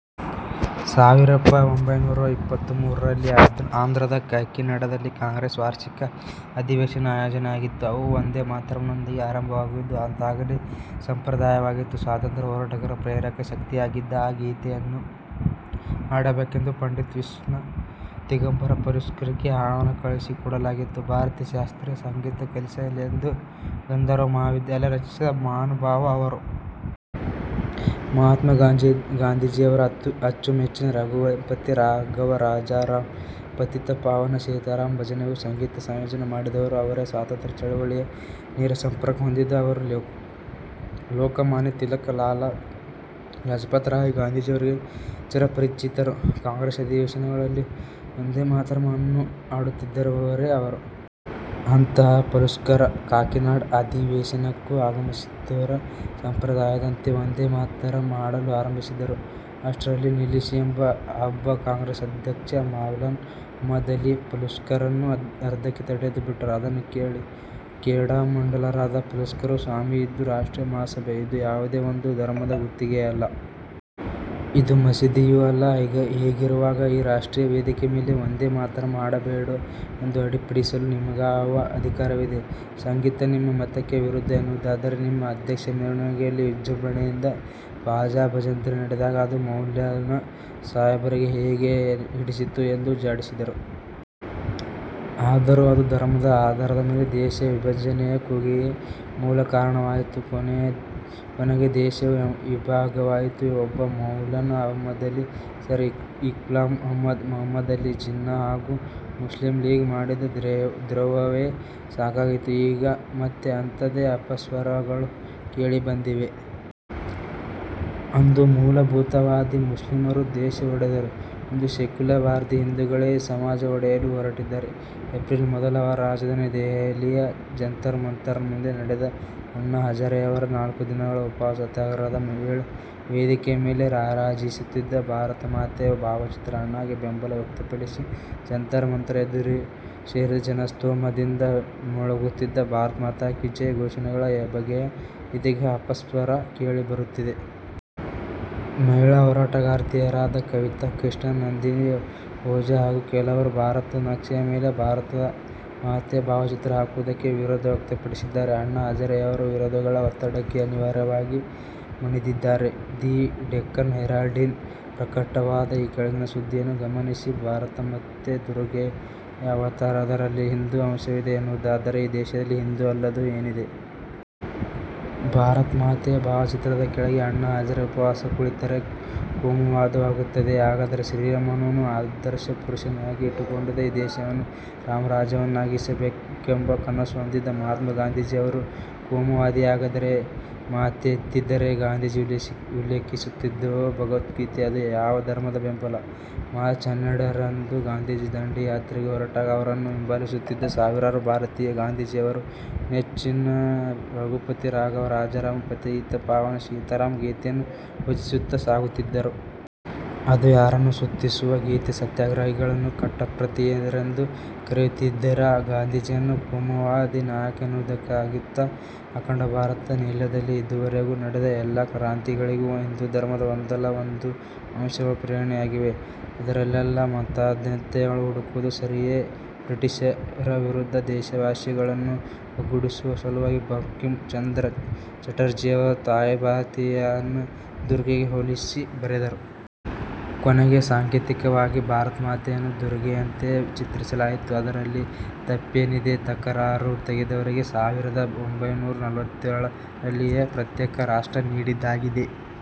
ಸಾವಿರದ ಪಒಂಭೈನೂರ ಇಪ್ಪತ್ತ ಮೂರರಲ್ಲಿ ಆಂಧ್ರದ ಕಾಕಿನಾಡದಲ್ಲಿ ಕಾಂಗ್ರೆಸ್ನ ವಾರ್ಷಿಕ ಅಧಿವೇಶನಆಯೋಜನೆಯಾಗಿತ್ತು. ಅವು 'ವಂದೇ ಮಾತರಂ'ನೊಂದಿಗೆ ಆರಂಭವಾಗುವುದು ಅದಾಗಲೇ ಸಂಪ್ರದಾಯವಾಗಿತ್ತು. ಸ್ವಾತಂತ್ರ್ಯ ಹೋರಾಟಗಾರರ ಪ್ರೇರಕ ಶಕ್ತಿಯಾಗಿದ್ದ ಆ ಗೀತೆಯನ್ನು ಹಾಡಬೇಕೆಂದು ಪಂಡಿತ್ ವಿಷ್ಣು ದಿಗಂಬರ ಪಲುಸ್ಕರ್ಗೆ ಆಹ್ವಾನ ಕಳುಹಿಸಿಕೊಡಲಾಗಿತ್ತು. ಭಾರತೀಯ ಶಾಸ್ತ್ರೀಯ ಸಂಗೀತ ಕಲಿಸಲೆಂದೇ ಗಂಧರ್ವ ಮಹಾವಿದ್ಯಾಲಯ ರಚಿಸಿದ ಮಹಾನುಭಾವ ಅವರು. ಮಹಾತ್ಮ ಗಾಂಧೀಜಿಯವರ ಅಚ್ಚುಮೆಚ್ಚಿನ 'ರಘುಪತಿ ರಾಘವ ರಾಜಾರಾಂ, ಪತೀತ ಪಾವನ ಸೀತಾರಾಂ' ಭಜನೆಗೂ ಸಂಗೀತ ಸಂಯೋಜನೆ ಮಾಡಿದ್ದವರು ಅವರೇ. ಸ್ವಾತಂತ್ರ್ಯ ಚಳವಳಿಯ ನೇರ ಸಂಪರ್ಕ ಹೊಂದಿದ್ದ ಅವರು ಲೋಕಮಾನ್ಯ ತಿಲಕ್, ಲಾಲಾ ಲಜಪತ್ ರಾಯ್, ಗಾಂಧೀಜಿಯವರಿಗೆ ಚಿರಪರಿಚಿತರು. ಕಾಂಗ್ರೆಸ್ ಅಧಿವೇಶನಗಳಲ್ಲಿ ವಂದೇ ಮಾತರಂ ಅನ್ನು ಹಾಡುತ್ತಿದ್ದವರೇ ಅವರು. ಅಂತಹ ಪಲುಸ್ಕರ್ ಕಾಕಿನಾಡ ಅಧಿವೇಶನಕ್ಕೂ ಆಗಮಿಸಿದರು. ಸಂಪ್ರದಾಯದಂತೆ ವಂದೇ ಮಾತರಂ ಹಾಡಲು ಆರಂಭಿಸಿದರು. ಅಷ್ಟರಲ್ಲಿ, ನಿಲ್ಲಿಸಿ ಎಂಬ ಅಬ್ಬ ಕಾಂಗ್ರೆಸ್ ಅಧ್ಯಕ್ಷ ಮೌಲಾನ ಅಹಮದ್ ಅಲಿ, ಪಲುಸ್ಕರನ್ನು ಅರ್ಧಕ್ಕೇ ತಡೆದು ಬಿಟ್ಟರು. ಅದನ್ನು ಕೇಳಿ ಕೆಂಡಾಮಂಡಲರಾದ ಪಲುಸ್ಕರ್, 'ಸ್ವಾಮಿ, ಇದು ರಾಷ್ಟ್ರೀಯ ಮಹಾಸಭೆ. ಇದು ಯಾವುದೇ ಒಂದು ಧರ್ಮದ ಗುತ್ತಿಗೆಯಲ್ಲ. ಇದು ಮಸೀದಿಯೂ ಅಲ್ಲ. ಹೀಗಿರುವಾಗ ಈ ರಾಷ್ಟ್ರೀಯ ವೇದಿಕೆ ಮೇಲೆ ವಂದೇ ಮಾತರಂ ಹಾಡಬೇಡ ಎಂದು ಅಡ್ಡಿಪಡಿಸಲು ನಿಮಗ್ಯಾವ ಅಧಿಕಾರವಿದೆ? ಸಂಗೀತ ನಿಮ್ಮ ಮತಕ್ಕೆ ವಿರುದ್ಧ ಎನ್ನುವುದಾದರೆ ನಿಮ್ಮ ಅಧ್ಯಕ್ಷ ಮೆರವಣಿಗೆಯಲ್ಲಿ ವಿಜೃಂಭಣೆಯಿಂದ ಬಾಜಾ ಭಜಂತ್ರಿ ನಡೆದಾಗ ಅದು ಮೌಲಾನ ಸಾಹೇಬರಿಗೆ ಹೇಗೆ ಹಿಡಿಸಿತು? ' ಎಂದು ಜಾಡಿಸಿದರು. ಆದರೂ ಅದು ಧರ್ಮದ ಆಧಾರದ ಮೇಲೆ ದೇಶ ವಿಭಜನೆಯ ಕೂಗಿಗೆ ಮೂಲ ಕಾರಣವಾಯಿತು, ಕೊನೆಗೆ ದೇಶವೂ ಇಬ್ಭಾಗವಾಯಿತು. ಒಬ್ಬ ಮೌಲಾನ ಅಹಮದ್ ಅಲಿ, ಸರ್ ಇಕ್ಬಾಲ್ ಅಹಮದ್, ಮಹಮದ್ ಅಲಿ ಜಿನ್ನಾ ಹಾಗೂ ಮುಸ್ಲಿಂ ಲೀಗ್ ಮಾಡಿದ ದ್ರೋಹವೇ ಸಾಕಾಗಿತ್ತು. ಈಗ ಮತ್ತೆ ಅಂಥದ್ದೇ ಅಪಸ್ವರಗಳು ಕೇಳಿ ಬಂದಿವೆ. ಅಂದು ಮೂಲಭೂತವಾದಿ ಮುಸ್ಲಿಮರು ದೇಶ ಒಡೆದರು, ಇಂದು ಸೆಕ್ಯುಲರ್ವಾದಿ ಹಿಂದುಗಳೇ ಸಮಾಜ ಒಡೆಯಲು ಹೊರಟಿದ್ದಾರೆ. ಏಪ್ರಿಲ್ ಮೊದಲ ವಾರ ರಾಜಧಾನಿ ದೆಹಲಿಯ ಜಂತರ್ಮಂತರ್ ಮುಂದೆ ನಡೆದ ಅಣ್ಣಾ ಹಜಾರೆಯವರ ನಾಲ್ಕು ದಿನಗಳ ಉಪವಾಸ ಸತ್ಯಾಗ್ರಹದ ವೇಳೆ ವೇದಿಕೆಯ ಮೇಲೆ ರಾರಾಜಿಸುತ್ತಿದ್ದ ಭಾರತ ಮಾತೆಯ ಭಾವಚಿತ್ರ, ಅಣ್ಣಾಗೆ ಬೆಂಬಲ ವ್ಯಕ್ತಪಡಿಸಿ ಜಂತರ್ ಮಂತರ್ ಎದುರು ಸೇರಿದ್ದ ಜನಸ್ತೋಮದಿಂದ ಮೊಳಗುತ್ತಿದ್ದ 'ಭಾರತ್ ಮಾತಾ ಕೀ ಜೈ' ಘೋಷಣೆಗಳ ಬಗ್ಗೆಯೂ ಇದೀಗ ಅಪಸ್ವರ ಕೇಳಿಬರುತ್ತಿದೆ. ಮಹಿಳಾ ಹೋರಾಟಗಾರ್ತಿಯರಾದ ಕವಿತಾ ಕೃಷ್ಣನ್, ನಂದಿನಿ ಓಜಾ ಹಾಗೂ ಕೆಲವರು ಭಾರತದ ನಕ್ಷೆಯ ಮೇಲೆ ಭಾರತ ಮಾತೆಯ ಭಾವಚಿತ್ರ ಹಾಕುವುದಕ್ಕೆ ವಿರೋಧ ವ್ಯಕ್ತಪಡಿಸಿದ್ದಾರೆ. ಅಣ್ಣಾ ಹಜಾರೆಯವರು ವಿರೋಧಿಗಳ ಒತ್ತಡಕ್ಕೆ ಅನಿವಾರ್ಯವಾಗಿ ಮಣಿದಿದ್ದಾರೆ. ದಿ ಡೆಕ್ಕನ್ ಹೆರಾಲ್ಡ್ನಲ್ಲಿ ಪ್ರಕಟವಾದ ಈ ಕೆಳಗಿನ ಸುದ್ದಿಯನ್ನು ಗಮನಿಸಿ. ಭಾರತ ಮಾತೆ ದುರ್ಗೆಯ ಅವತಾರ, ಅದರಲ್ಲಿ ಹಿಂದು ಅಂಶವಿದೆ ಎನ್ನುವುದಾದರೆ ಈ ದೇಶದಲ್ಲಿ ಹಿಂದು ಅಲ್ಲದ್ದು ಏನಿದೆ. ಭಾರತ ಮಾತೆಯ ಭಾವಚಿತ್ರದ ಕೆಳಗೆ ಅಣ್ಣಾ ಹಜಾರೆ ಉಪವಾಸ ಕುಳಿತರೆ ಕೋಮುವಾದವಾಗುತ್ತದೆಯೆ? ಹಾಗಾದರೆ ಶ್ರೀರಾಮನನ್ನು ಅದರ್ಶ ಪುರುಷನನ್ನಾಗಿ ಇಟ್ಟುಕೊಂಡಿದ್ದ, ಈ ದೇಶವನ್ನು ರಾಮರಾಜ್ಯವನ್ನಾಗಿಸಬೇಕೆಂಬ ಕನಸು ಹೊಂದಿದ್ದ ಮಹಾತ್ಮ ಗಾಂಧೀಜಿ ಅವರೂ ಕೋಮುವಾದಿಯಾಗಿದ್ದರೆ? ಮಾತೆತ್ತಿದರೆ ಗಾಂಧೀಜಿ ಉಲ್ಲೇಖಿಸುತ್ತಿದ್ದುದೇ ಭಗವದ್ಗೀತೆ. ಅದು ಯಾವ ಧರ್ಮದ ಬೈಬಲ್?, ಮಾರ್ಚ್ ಹನ್ನೆರಡರಂದು ಗಾಂಧೀಜಿ ದಂಡಿ ಯಾತ್ರೆಗೆ ಹೊರಟಾಗ ಅವರನ್ನು ಹಿಂಬಾಲಿಸುತ್ತಿದ್ದ ಸಾವಿರಾರು ಭಾರತೀಯರು ಗಾಂಧೀಜಿಯವರ ನೆಚ್ಚಿನ 'ರಘುಪತಿ ರಾಘವ ರಾಜಾರಾಂ, ಪತೀತ ಪಾವನ ಸೀತಾರಾಂ' ಗೀತೆಯನ್ನು ಭಜಿಸುತ್ತಾ ಸಾಗುತ್ತಿದ್ದರು. ಅದು ಯಾರನ್ನು ಸ್ತುತಿಸುವ ಗೀತೆ. ಸತ್ಯಾಗ್ರಹಿಗಳನ್ನೂ ಕಟ್ಟರ್ಪಂಥೀಯರೆಂದು ಕರೆಯುತ್ತೀರಾ ಗಾಂಧೀಜಿಯನ್ನು ಕೋಮುವಾದಿ ನಾಯಕ ಎನ್ನುವುದಕ್ಕಾಗುತ್ತಾ? ಅಖಂಡ ಭಾರತದ ನೆಲದಲ್ಲಿ ಇದುವರೆಗೂ ನಡೆದ ಎಲ್ಲ ಕ್ರಾಂತಿಗಳಿಗೂ ಹಿಂದು ಧರ್ಮದ ಒಂದಲ್ಲ ಒಂದು ಅಂಶಗಳು ಪ್ರೇರಣೆಯಾಗಿವೆ. ಅದರಲ್ಲೆಲ್ಲ ಮತಾಂಧತೆಯನ್ನು ಹುಡುಕುವುದು ಸರಿಯೇ? ಬ್ರಿಟಿಷರ ವಿರುದ್ಧ ದೇಶವಾಸಿಗಳನ್ನು ಒಗ್ಗೂಡಿಸುವ ಸಲುವಾಗಿ ಬಂಕಿಮ ಚಂದ್ರ ಚಟರ್ಜಿಯವರು ತಾಯಿ ಭಾರತಿಯನ್ನು ದುರ್ಗೆಗೆ ಹೋಲಿಸಿ ಬರೆದರು. ಕೊನೆಗೆ ಸಾಂಕೇತಿಕವಾಗಿ ಭಾರತಮಾತೆಯನ್ನು ದುರ್ಗೆಯಂತೆಯೇ ಚಿತ್ರಿಸಲಾಯಿತು. ಅದರಲ್ಲಿ ತಪ್ಪೇನಿದೆ. ತಕರಾರು ತೆಗೆದವರಿಗೆ ಸಾವಿರದ ಒಂಭೈನೂರ ನಲವತ್ತೇಳ ರಲ್ಲಿಯೇ ಪ್ರತ್ಯೇಕ ರಾಷ್ಟ್ರ ನೀಡಿದ್ದಾಗಿದೆ.